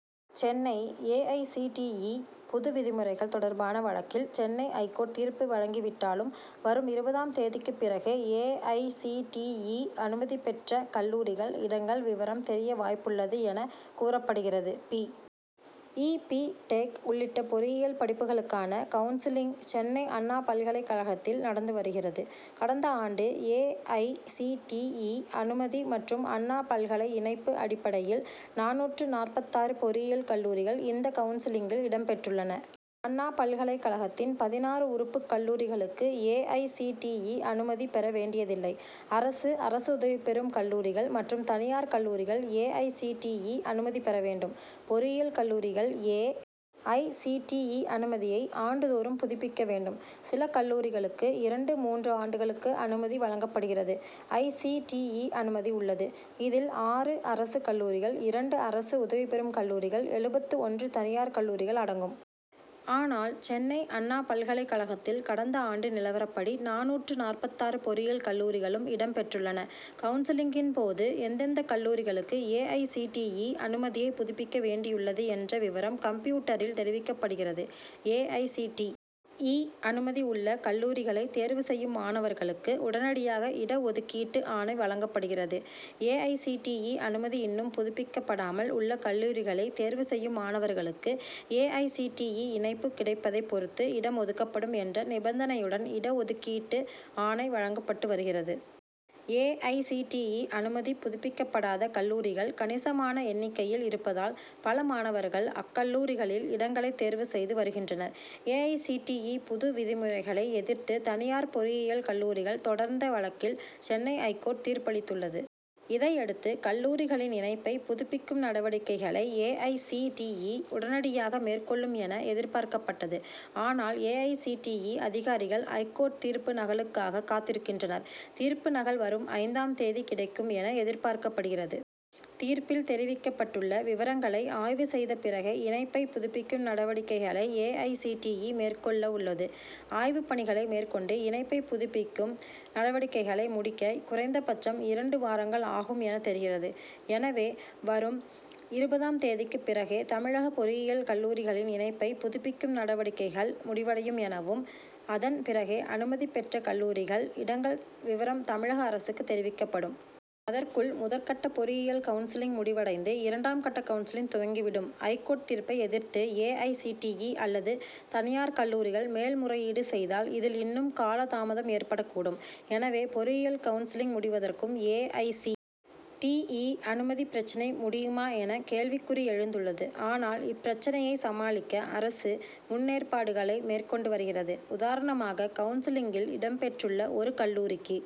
Chennai A. I. C. T. E., புது விதிமுறைகள் தொடர்பான வழக்கில், சென்னை ஐகோர்ட் தீர்ப்பு வழங்கிவிட்டாலும், வரும் இருபதாம் தேதிக்கு பிறகே A. I. C. T. E., அனுமதி பெற்ற கல்லூரிகள், இடங்கள் விவரம் தெரிய வாய்ப்புள்ளது என, கூறப்படுகிறது. பி. E., B. டெக்., உள்ளிட்ட பொறியியல் படிப்புகளுக்கான கவுன்சிலிங், சென்னை அண்ணா பல்கலைக் கழகத்தில் நடந்து வருகிறது. கடந்த ஆண்டு A. I. C. T. E., அனுமதி மற்றும் அண்ணா பல்கலை இணைப்பு அடிப்படையில், நானூற்று நாற்பத்தாறு பொறியியல் கல்லூரிகள், இந்த கவுன்சிலிங்கில் இடம் பெற்றுள்ளன. அண்ணா பல்கலைக் கழகத்தின் பதினாறு உறுப்புக் கல்லூரிகளுக்கு A. I. C. T. E., அனுமதி பெற வேண்டியதில்லை. அரசு, அரசு உதவி பெறும் கல்லூரிகள் மற்றும் தனியார் கல்லூரிகள் A. I. C. T. E., அனுமதி பெற வேண்டும். பொறியியல் கல்லூரிகள் A. I. C. T. E., அனுமதியை ஆண்டுதோறும் புதுப்பிக்க வேண்டும். சில கல்லூரிகளுக்கு, இரண்டு, மூன்று ஆண்டுகளுக்கு அனுமதி வழங்கப்படுகிறது. ஐ. சி. டி. இ., அனுமதி உள்ளது. இதில், ஆறு அரசு கல்லூரிகள், இரண்டு அரசு உதவிபெறும் கல்லூரிகள், எழுபத்து ஒன்று தனியார் கல்லூரிகள் அடங்கும். ஆனால், சென்னை அண்ணா பல்கலைக் கழகத்தில் கடந்த ஆண்டு நிலவரப்படி, நானூற்று நாற்பத்தாறு பொறியியல் கல்லூரிகளும் இடம் பெற்றுள்ளன. கவுன்சிலிங்கின்போது, எந்தெந்தக் கல்லூரிகளுக்கு A. I. C. T. E., அனுமதியை புதுப்பிக்க வேண்டியுள்ளது என்ற விவரம் கம்ப்யூட்டரில் தெரிவிக்கப்படுகிறது. A. I. C. T. E., அனுமதி உள்ள கல்லூரிகளை தேர்வு செய்யும் மாணவர்களுக்கு, உடனடியாக இடஒதுக்கீட்டு ஆணை வழங்கப்படுகிறது. A. I. C. T. E., அனுமதி இன்னும் புதுப்பிக்கப்படாமல் உள்ள கல்லூரிகளை தேர்வு செய்யும் மாணவர்களுக்கு, A. I. C. T. E., இணைப்பு கிடைப்பதைப் பொறுத்து இடம் ஒதுக்கப்படும் என்ற நிபந்தனையுடன் இடஒதுக்கீட்டு ஆணை வழங்கப்பட்டு வருகிறது. A. I. C. T. E., அனுமதி புதுப்பிக்கப்படாத கல்லூரிகள் கணிசமான எண்ணிக்கையில் இருப்பதால், பல மாணவர்கள் அக்கல்லூரிகளில் இடங்களை தேர்வு செய்து வருகின்றனர். A. I. C. T. E., புது விதிமுறைகளை எதிர்த்து தனியார் பொறியியல் கல்லூரிகள் தொடர்ந்த வழக்கில் சென்னை ஐகோர்ட் தீர்ப்பளித்துள்ளது. இதையடுத்து, கல்லூரிகளின் இணைப்பை புதுப்பிக்கும் நடவடிக்கைகளை, A. I. C. T. E., உடனடியாக மேற்கொள்ளும் என எதிர்பார்க்கப்பட்டது. ஆனால், A. I. C. T. E., அதிகாரிகள், ஐகோர்ட் தீர்ப்பு நகலுக்காக காத்திருக்கின்றனர். தீர்ப்பு நகல் வரும் ஐந்தாம் தேதி கிடைக்கும் என எதிர்பார்க்கப்படுகிறது. தீர்ப்பில் தெரிவிக்கப்பட்டுள்ள விவரங்களை ஆய்வு செய்த பிறகே, இணைப்பை புதுப்பிக்கும் நடவடிக்கைகளை A. I. C. T. E., மேற்கொள்ளவுள்ளது. ஆய்வுப் பணிகளை மேற்கொண்டு இணைப்பை புதுப்பிக்கும் நடவடிக்கைகளை முடிக்க குறைந்தபட்சம் இரண்டு வாரங்கள் ஆகும் என தெரிகிறது. எனவே, வரும் இருபதாம் தேதிக்கு பிறகே தமிழக பொறியியல் கல்லூரிகளின் இணைப்பை புதுப்பிக்கும் நடவடிக்கைகள் முடிவடையும் எனவும், அதன் பிறகே, அனுமதி பெற்ற கல்லூரிகள், இடங்கள் விவரம் தமிழக அரசுக்கு தெரிவிக்கப்படும். அதற்குள் முதற்கட்ட பொறியியல் கவுன்சிலிங் முடிவடைந்து, இரண்டாம் கட்ட கவுன்சிலிங் துவங்கிவிடும். ஐகோர்ட் தீர்ப்பை எதிர்த்து, A. I. C. T. E., அல்லது தனியார் கல்லூரிகள் மேல்முறையீடு செய்தால், இதில் இன்னும் காலதாமதம் ஏற்படக்கூடும். எனவே பொறியியல் கவுன்சிலிங் முடிவதற்கும் A. I. C. T. E., அனுமதி பிரச்னை முடியுமா என கேள்விக்குறி எழுந்துள்ளது. ஆனால், இப்பிரச்னையை சமாளிக்க அரசு முன்னேற்பாடுகளை மேற்கொண்டு வருகிறது. உதாரணமாக, கவுன்சிலிங்கில் இடம்பெற்றுள்ள ஒரு கல்லூரிக்கு